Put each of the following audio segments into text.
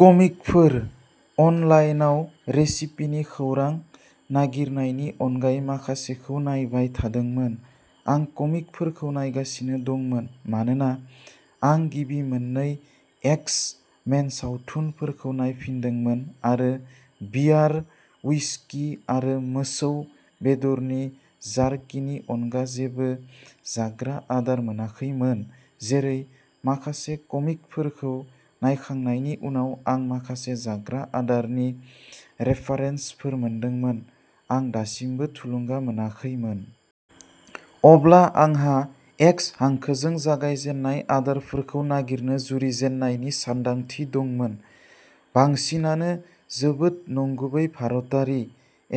कमिकफोर-अनलाइनआव रेसिपिनि खौरां नागिरनायनि अनगायै माखासेखौ नायबाय थादोंमोन। आं कमिकफोरखौ नायगासिनो दंमोन मानोना आं गिबि मोननै एक्स-मेन सावथुनफोरखौ नायफिनदोंमोन आरो बियार, हुइस्कि, आरो मोसौ बेदरनि जार्किनि अनगा जेबो जाग्रा आदार मोनाखैमोन। जेरै। माखासे कमिकफोरखौ नायखांनायनि उनाव, आं माखासे जाग्रा आदारनि रिफरेन्सफोर मोनदोंमोन, आं दासिमबो थुलुंगा मोनाखैमोन। अब्ला आंहा एक्स हांखोजों जागायजेन्नाय आदारफोरखौ नागिरनो जुरिजेननायनि सानदांथि दंमोन। बांसिनानो जोबोद नंगुबै भारतारि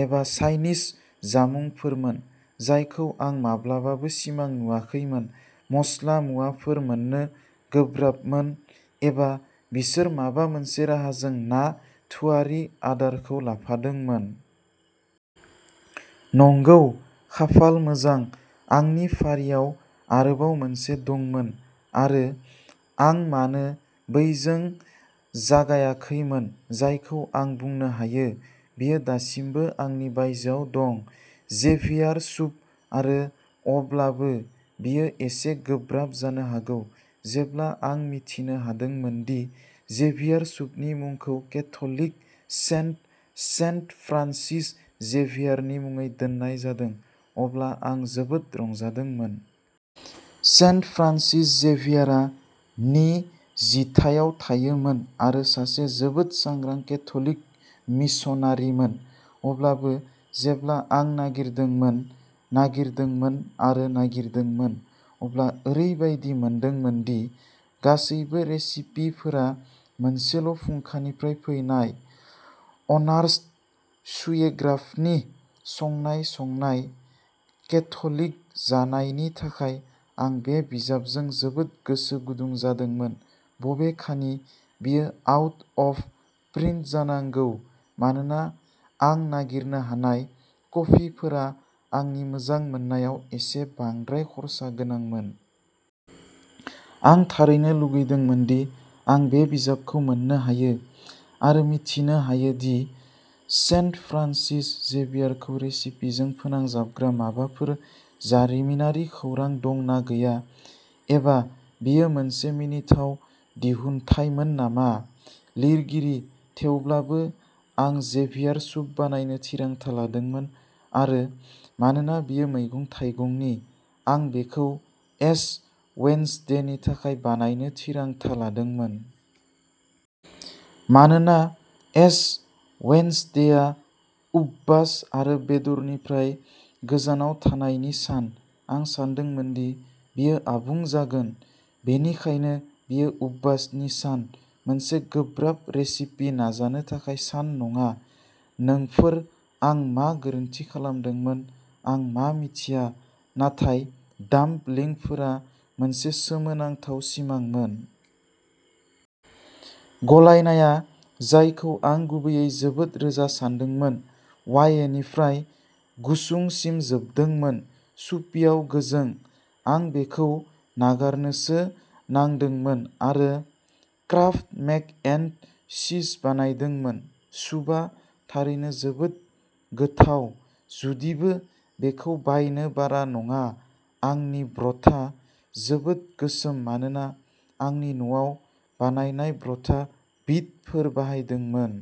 एबा चाइनिज जामुंफोरमोन जायखौ आं माब्लाबाबो सिमां नुवाखैमोन-मस्ला मुवाफोरा मोननो गोब्राबमोन एबा बिसोर माबा मोनसे राहाजों ना थुआरि आदारखौ लाफादोंमोन। नंगौ। खाफाल मोजां, आंनि फारियाव आरोबाव मोनसे दंमोन, आरो आं मानो बैजों जागायाखैमोन जायखौ आं बुंनो हायो, बेयो दासिमबो आंनि बायजोआव दं। Xavier soup! आरो अब्लाबो, बेयो एसे गोब्राब जानो हागौ। जेब्ला आं मिथिनो हादोंमोन दि जेभियार सुपनि मुंखौ केथ'लिक सेन्ट, सेन्ट फ्रान्सिस जेभियारनि मुङै दोननाय जादों, अब्ला आं जोबोद रंजादोंमोन। सेन्ट फ्रान्सिस जेभियारआ नि जिथायाव थायोमोन आरो सासे जोबोद सांग्रां केथ'लिक मिशनारिमोन। अब्लाबो, जेब्ला आं नागिरदोंमोन, नागिरदोंमोन, आरो नागिरदोंमोन, अब्ला ओरैबायदि मोनदोंमोन दि गासैबो रेसिपिफोरा मोनसेल'फुंखानिफ्राय फैनायः अर्नास्ट शुएग्राफनि संनाय संनाय। केथ'लिक जानायनि थाखाय, आं बे बिजाबजों जोबोद गोसो गुदुं जादोंमोन, बबेखानि, बेयो आउट अफ प्रिन्ट जानांगौ, मानोना आं नागिरनो हानाय कपिफोरा आंनि मोजां मोननायाव एसे बांद्राय खर्सा गोनांमोन। आं थारैनो लुबैदोंमोन दि आं बे बिजाबखौ मोन्नो हायो आरो मिथिनो हायो दि सेन्ट फ्रान्सिस जेभियारखौ रेसिपिजों फोनांजाबग्रा माबाफोर जारिमिनारि खौरां दं ना गैया एबा बेयो मोनसे मिनिथाव दिहुनथायमोन नामा। लिरगिरि। थेवब्लाबो, आं जेभियार सुप बानायनो थिरांथा लादोंमोन-आरो मानोना बेयो मैगं-थाइगंनि, आं बेखौ एश वेन्सडेनि थाखाय बानायनो थिरांथा लादोंमोन। मानोना एश वेन्सडेआ उपबास आरो बेदरनिफ्राय गोजानाव थानायनि सान, आं सानदोंमोन दि बेयो आबुं जागोन! बेनिखायनो, बेयो उपबासनि सान, मोनसे गोब्राब रेसिपि नाजानो थाखाय सान नङा। नोंफोर-आं मा गोरोन्थि खालामदोंमोन आं मा मिथिया, नाथाय डाम्पलिंफोरा मोनसे सोमोनांथाव सिमांमोन! गलायनाया, जायखौ आं गुबैयै जोबोद रोजा सान्दोंमोन, वाएनिफ्राय गुसुंसिम जोबदोंमोन, सुपियाव गोजों। आं बेखौ नागारनोसो नांदोंमोन आरो क्राफ्ट मेक एन्ड चीज बानायदोंमोन। सुपआ थारैनो जोबोद गोथाव, जुदिबो बेखौ बायनो बारा नङा आंनि ब्रथआ जोबोद गोसोम मानोना आंनि न'आव बानायनाय ब्रथआ बिटफोर बाहायदोंमोन।